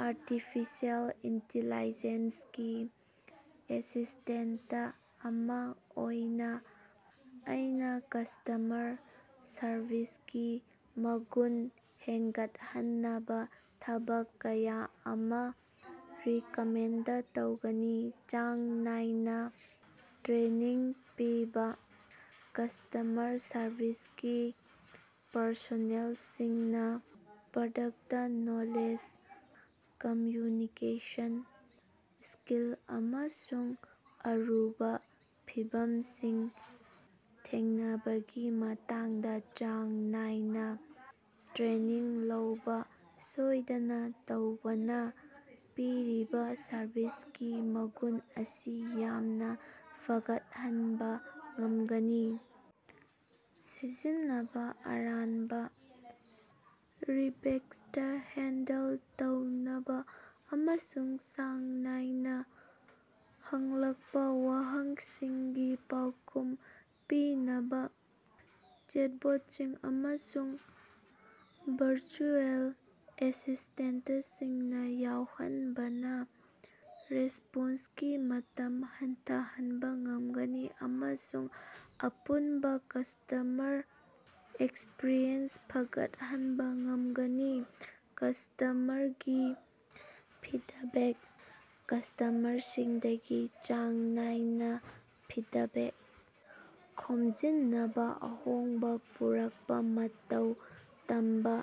Artificial ꯏꯟꯇꯤꯂꯥꯖꯦꯟꯁ ꯒꯤ assistant ꯑꯃꯥ ꯑꯣꯏꯅ ꯑꯩꯅ ꯀꯁ꯭ꯇꯃꯔ ꯁꯔꯕꯤꯁꯀꯤ ꯃꯒꯨꯟ ꯍꯦꯟꯒꯠꯍꯟꯅꯕ ꯊꯕꯛ ꯀꯌꯥ ꯑꯃ ꯔꯤꯀꯃꯦꯟꯗ ꯇꯧꯒꯅꯤ꯫ ꯆꯥꯡ ꯅꯥꯏꯅ ꯇ꯭ꯔꯦꯅꯤꯡ ꯄꯤꯕ: ꯀꯁ꯭ꯇꯃꯔ ꯁꯔꯕꯤꯁꯀꯤ ꯄꯔꯁꯣꯅꯦꯜꯁꯤꯡꯅ ꯄ꯭ꯔꯗꯛꯇ ꯅꯣꯂꯦꯖ, ꯀꯝꯌꯨꯅꯤꯀꯦꯁꯟ ꯁ꯭ꯀꯤꯜ, ꯑꯃꯁꯨꯡ ꯑꯔꯨꯕ ꯐꯤꯚꯝꯁꯤꯡ ꯊꯦꯡꯅꯕꯒꯤ ꯃꯇꯥꯡꯗ ꯆꯥꯡ ꯅꯥꯏꯅ ꯇ꯭ꯔꯦꯅꯤꯡ ꯂꯧꯕ ꯁꯣꯏꯗꯅ ꯇꯧꯕꯅ ꯄꯤꯔꯤꯕ ꯁꯔꯚꯤꯁꯀꯤ ꯃꯒꯨꯟ ꯑꯁꯤ ꯌꯥꯝꯅ ꯐꯒꯠꯍꯟꯕ ꯉꯝꯒꯅꯤ꯫. ꯁꯤꯖꯤꯟꯅꯕꯥ: ꯑꯍꯥꯟꯕ ꯔꯤꯛꯕꯦꯁ꯭ꯠ ꯍꯦꯟꯗꯜ ꯇꯧꯅꯕ ꯑꯃꯁꯨꯡ ꯆꯥꯡ ꯅꯥꯏꯅ ꯍꯪꯂꯛꯄ ꯋꯥꯍꯪꯁꯤꯡꯒꯤ ꯄꯥꯎꯈꯨꯝ ꯄꯤꯅꯕ ꯆꯦꯠꯕꯣꯠꯁꯤꯡ ꯑꯃꯁꯨꯡ ꯚꯔꯆꯨꯑꯦꯜ ꯑꯦꯁꯤꯁ꯭ꯇꯦꯟꯇꯁꯤꯡ ꯌꯥꯎꯍꯟꯕꯅ ꯔꯦꯁ꯭ꯄꯣꯟꯁꯀꯤ ꯃꯇꯝ ꯍꯟꯊꯍꯟꯕ ꯉꯝꯒꯅꯤ꯫ ꯑꯃꯁꯨꯡ ꯑꯄꯨꯟꯕ ꯀꯁ꯭ꯇꯃꯔ ꯑꯦꯛꯁꯄꯔꯤꯌꯦꯟꯁ ꯐꯒꯠꯍꯟꯕ ꯉꯝꯒꯅꯤ꯫ ꯀꯁ꯭ꯇꯃꯔꯒꯤ ꯐꯤꯗꯥꯕꯦꯛ: ꯀꯁ꯭ꯇꯃꯔꯁꯤꯡꯗꯒꯤ ꯆꯥꯡ ꯅꯥꯏꯅꯥ ꯐꯤꯗꯥꯕꯦꯛ ꯈꯣꯝꯖꯤꯟꯕꯅ ꯑꯍꯣꯡꯕ ꯄꯨꯔꯛꯄ ꯃꯊꯧ ꯇꯝꯕ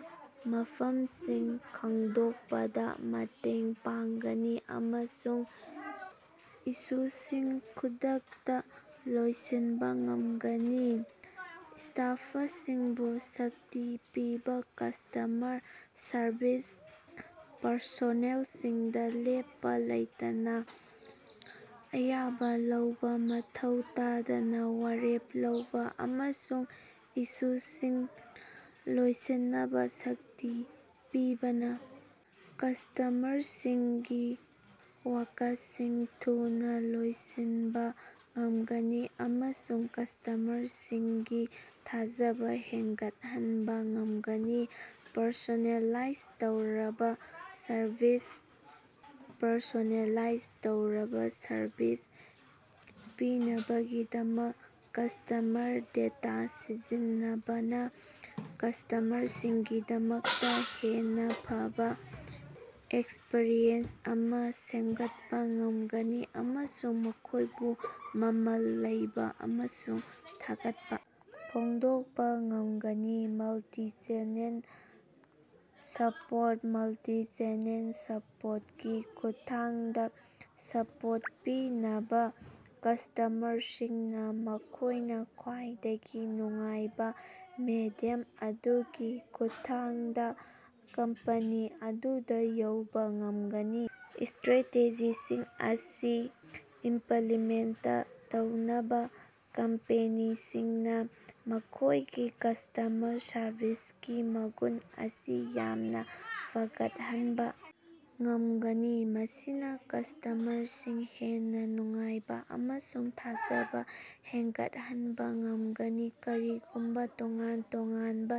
ꯃꯐꯝꯁꯤꯡ ꯈꯪꯗꯣꯛꯄꯗ ꯃꯇꯦꯡ ꯄꯥꯡꯒꯅꯤ ꯑꯃꯁꯨꯡ ꯏꯁꯨꯁꯤꯡ ꯈꯨꯗꯛꯇ ꯂꯣꯏꯁꯤꯟꯕ ꯉꯝꯒꯅꯤ꯫ ꯁ꯭ꯇꯥꯐꯥꯁꯤꯡꯕꯨ ꯁꯛꯇꯤ ꯄꯤꯕꯥ: ꯀꯁ꯭ꯇꯃꯔ ꯁꯔꯚꯤꯁ ꯄꯔꯁꯣꯅꯦꯜꯁꯤꯡꯗ ꯂꯦꯞꯄ ꯂꯩꯇꯅ ꯑꯌꯥꯕ ꯂꯧꯕ ꯃꯊꯧ ꯇꯥꯗꯅ ꯋꯥꯔꯦꯞ ꯂꯧꯕ ꯑꯃꯁꯨꯡ ꯏꯁꯨꯁꯤꯡ ꯂꯣꯏꯁꯤꯟꯅꯕ ꯁꯛꯇꯤ ꯄꯤꯕꯅ ꯀꯁ꯭ꯇꯃꯔꯁꯤꯡꯒꯤ ꯋꯥꯀꯠꯁꯤꯡ ꯊꯨꯅ ꯂꯣꯏꯁꯤꯟꯕ ꯉꯝꯒꯅꯤ ꯑꯃꯁꯨꯡ ꯀꯁ꯭ꯇꯃꯔꯁꯤꯡꯒꯤ ꯊꯥꯖꯕ ꯍꯦꯅꯒꯠꯍꯟꯕ ꯉꯝꯒꯅꯤ꯫ ꯄꯔꯁꯣꯅꯦꯂꯥꯏꯖ ꯇꯧꯔꯕ ꯁꯔꯚꯤꯁ: ꯄꯔꯁꯣꯅꯦꯂꯥꯏꯖ ꯇꯧꯔꯕ ꯁꯔꯚꯤꯁ ꯄꯤꯅꯕꯒꯤꯗꯃꯛ ꯀꯁ꯭ꯇꯃꯔ ꯗꯦꯇꯥ ꯁꯤꯖꯤꯟꯅꯕꯅ ꯀꯁ꯭ꯇꯃꯔꯁꯤꯡꯒꯤꯗꯃꯛꯇ ꯍꯦꯟꯅ ꯐꯕ ꯑꯦꯛꯁꯄꯔꯤꯌꯦꯟꯁ ꯑꯃ ꯁꯦꯝꯒꯠꯄ ꯉꯝꯒꯅꯤ꯫ ꯑꯃꯁꯨꯡ ꯃꯈꯣꯏꯕꯨ ꯃꯃꯜ ꯂꯩꯕ ꯑꯃꯁꯨꯡ ꯊꯥꯒꯠꯄ ꯐꯣꯡꯗꯣꯛꯄ ꯉꯝꯒꯅꯤ꯫ ꯃꯜꯇꯤꯆꯦꯅꯦꯜ ꯁꯄꯣꯔꯠ: ꯃꯜꯇꯤꯆꯦꯅꯦꯜ ꯁꯄꯣꯔꯠ ꯒꯤ ꯈꯨꯠꯊꯥꯡꯗꯥ ꯁꯄꯣꯔꯠ ꯄꯤꯅꯕ ꯀꯁ꯭ꯇꯃꯔꯁꯤꯡꯅ ꯃꯈꯣꯏꯅ ꯈ꯭ꯋꯥꯏꯗꯒꯤ ꯅꯨꯡꯉꯥꯏꯕ ꯃꯦꯗꯤꯌꯝ ꯑꯗꯨꯒꯤ ꯈꯨꯠꯊꯥꯡꯗ ꯀꯝꯄꯅꯤ ꯑꯗꯨꯗ ꯌꯧꯕ ꯉꯝꯒꯅꯤ꯫ ꯁ꯭ꯇꯔꯦꯇꯦꯖꯤꯁꯤꯡ ꯑꯁꯤ ꯏꯃꯞꯂꯤꯃꯦꯟꯇ ꯇꯧꯕꯅ ꯀꯝꯄꯦꯅꯤꯁꯤꯡꯅ ꯃꯈꯣꯏꯒꯤ ꯀꯁ꯭ꯇꯃꯔ ꯁꯔꯕꯤꯁꯀꯤ ꯃꯒꯨꯟ ꯑꯁꯤ ꯌꯥꯝꯅ ꯐꯒꯠꯍꯟꯕ ꯉꯝꯒꯅꯤ꯫ ꯃꯁꯤꯅ ꯀꯁ꯭ꯇꯃꯔꯁꯤꯡ ꯍꯦꯟꯅ ꯅꯨꯡꯉꯥꯏꯕ ꯑꯃꯁꯨꯡ ꯊꯥꯖꯕ ꯍꯦꯟꯒꯠꯍꯟꯕ ꯉꯝꯒꯅꯤ꯫ ꯀꯔꯤꯒꯨꯝꯕ ꯇꯣꯉꯥꯟ-ꯇꯣꯉꯥꯟꯕ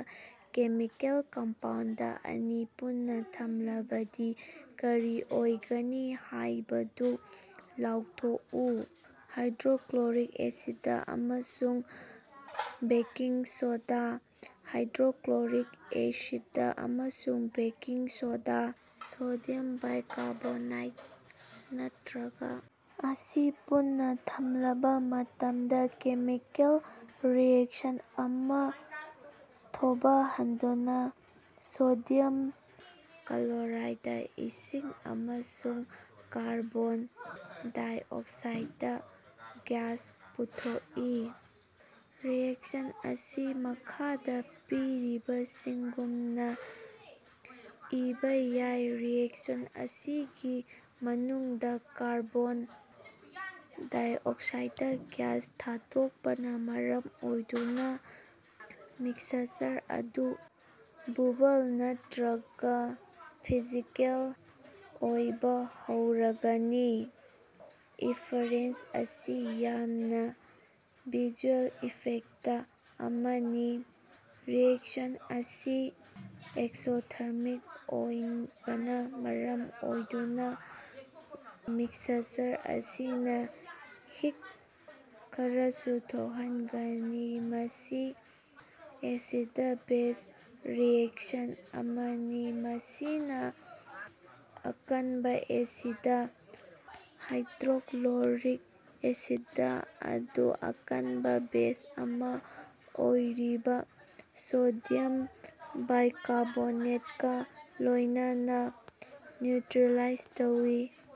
ꯀꯦꯃꯤꯀꯦꯜ ꯀꯝꯄꯥꯎꯟꯗ ꯑꯅꯤ ꯄꯨꯟꯅ ꯊꯝꯂꯕꯗꯤ ꯀꯔꯤ ꯑꯣꯏꯒꯅꯤ ꯍꯥꯏꯕꯗꯨ ꯂꯥꯎꯊꯣꯛꯎ꯫ ꯍꯥꯏꯗ꯭ꯔꯣꯀ꯭ꯂꯣꯔꯤꯛ ꯑꯦꯁꯤꯗ ꯑꯃꯁꯨꯡ ꯕꯦꯀꯤꯡ ꯁꯣꯗꯥ꯫ ꯍꯥꯏꯗ꯭ꯔꯣꯀ꯭ꯂꯣꯔꯤꯛ ꯑꯦꯁꯤꯗ ꯑꯃꯁꯨꯡ ꯕꯦꯀꯤꯡ ꯁꯣꯗꯥ (ꯁꯣꯗꯤꯌꯝ ꯕꯥꯏꯀꯥꯔꯕꯣꯅꯥꯏꯠ ꯅꯠꯇ꯭ꯔꯒ) ꯑꯁꯤ ꯄꯨꯟꯅ ꯊꯝꯂꯕ ꯃꯇꯝꯗ ꯀꯦꯃꯤꯀꯦꯜ ꯔꯤꯑꯦꯛꯁꯟ ꯑꯃ ꯊꯣꯚꯍꯟꯗꯨꯅ ꯁꯣꯗꯤꯌꯝ ꯀ꯭ꯂꯣꯔꯥꯏꯗ, ꯏꯁꯤꯡ ꯑꯃꯁꯨꯡ ꯀꯥꯔꯕꯣꯟ ꯗꯥꯏꯑꯣꯛꯁꯥꯏꯗ ꯒ꯭ꯌꯥꯁ ꯄꯨꯊꯣꯛꯏ꯫ ꯔꯤꯑꯦꯛꯁꯟ ꯑꯁꯤ ꯃꯈꯥꯗ ꯄꯤꯔꯤꯕꯁꯤꯒꯨꯝꯅꯥ ꯏꯕꯥ ꯌꯥꯏ ꯔꯤꯑꯦꯛꯁꯟ ꯑꯁꯤꯒꯤ ꯃꯅꯨꯡꯗ ꯀꯥꯔꯕꯣꯟ ꯗꯥꯏꯑꯣꯛꯁꯥꯏꯗ ꯒ꯭ꯌꯥꯁ ꯊꯥꯗꯣꯛꯄꯅ ꯃꯔꯝ ꯑꯣꯏꯗꯨꯅ ꯃꯤꯛꯁꯆꯔ ꯑꯗꯨ ꯕꯨꯕꯜ ꯅꯠꯇ꯭ꯔꯒ ꯐꯤꯖꯤꯀꯦꯜ ꯑꯣꯏꯕ ꯍꯧꯔꯒꯅꯤ꯫ ꯏꯐꯔꯦꯟꯁ ꯑꯁꯤ ꯌꯥꯝꯅꯥ ꯚꯤꯖꯨꯑꯦꯜ ꯏꯐꯦꯛꯇ ꯑꯃꯅꯤ꯫ ꯔꯤꯑꯦꯛꯁꯟ ꯑꯁꯤ ꯑꯦꯛꯁꯣꯊꯔꯃꯤꯛ ꯑꯣꯏꯕꯅ ꯃꯔꯝ ꯑꯣꯏꯗꯨꯅ ꯃꯤꯛꯁꯆꯔ ꯑꯁꯤꯅ ꯍꯤꯠ ꯈꯔꯁꯨ ꯊꯣꯛꯍꯟꯒꯅꯤ꯫ ꯃꯁꯤ ꯑꯦꯁꯤꯗ-ꯕꯦꯖ ꯔꯤꯑꯦꯛꯁꯟ ꯑꯃꯅꯤ꯫ ꯃꯁꯤꯅ ꯑꯀꯟꯕ ꯑꯦꯁꯤꯗ ꯍꯥꯏꯗ꯭ꯔꯣꯛꯂꯣꯔꯤꯛ ꯑꯦꯁꯤꯗ ꯑꯗꯨ ꯑꯀꯟꯕ ꯕꯦꯖ ꯑꯃ ꯑꯣꯏꯔꯤꯕ ꯁꯣꯗꯤꯌꯝ ꯕꯥꯏꯀꯥꯔꯕꯣꯅꯦꯇꯀ ꯂꯣꯏꯅꯅ ꯅ꯭ꯌꯨꯇ꯭ꯔꯤꯂꯥꯏꯖ ꯇꯧꯏ꯫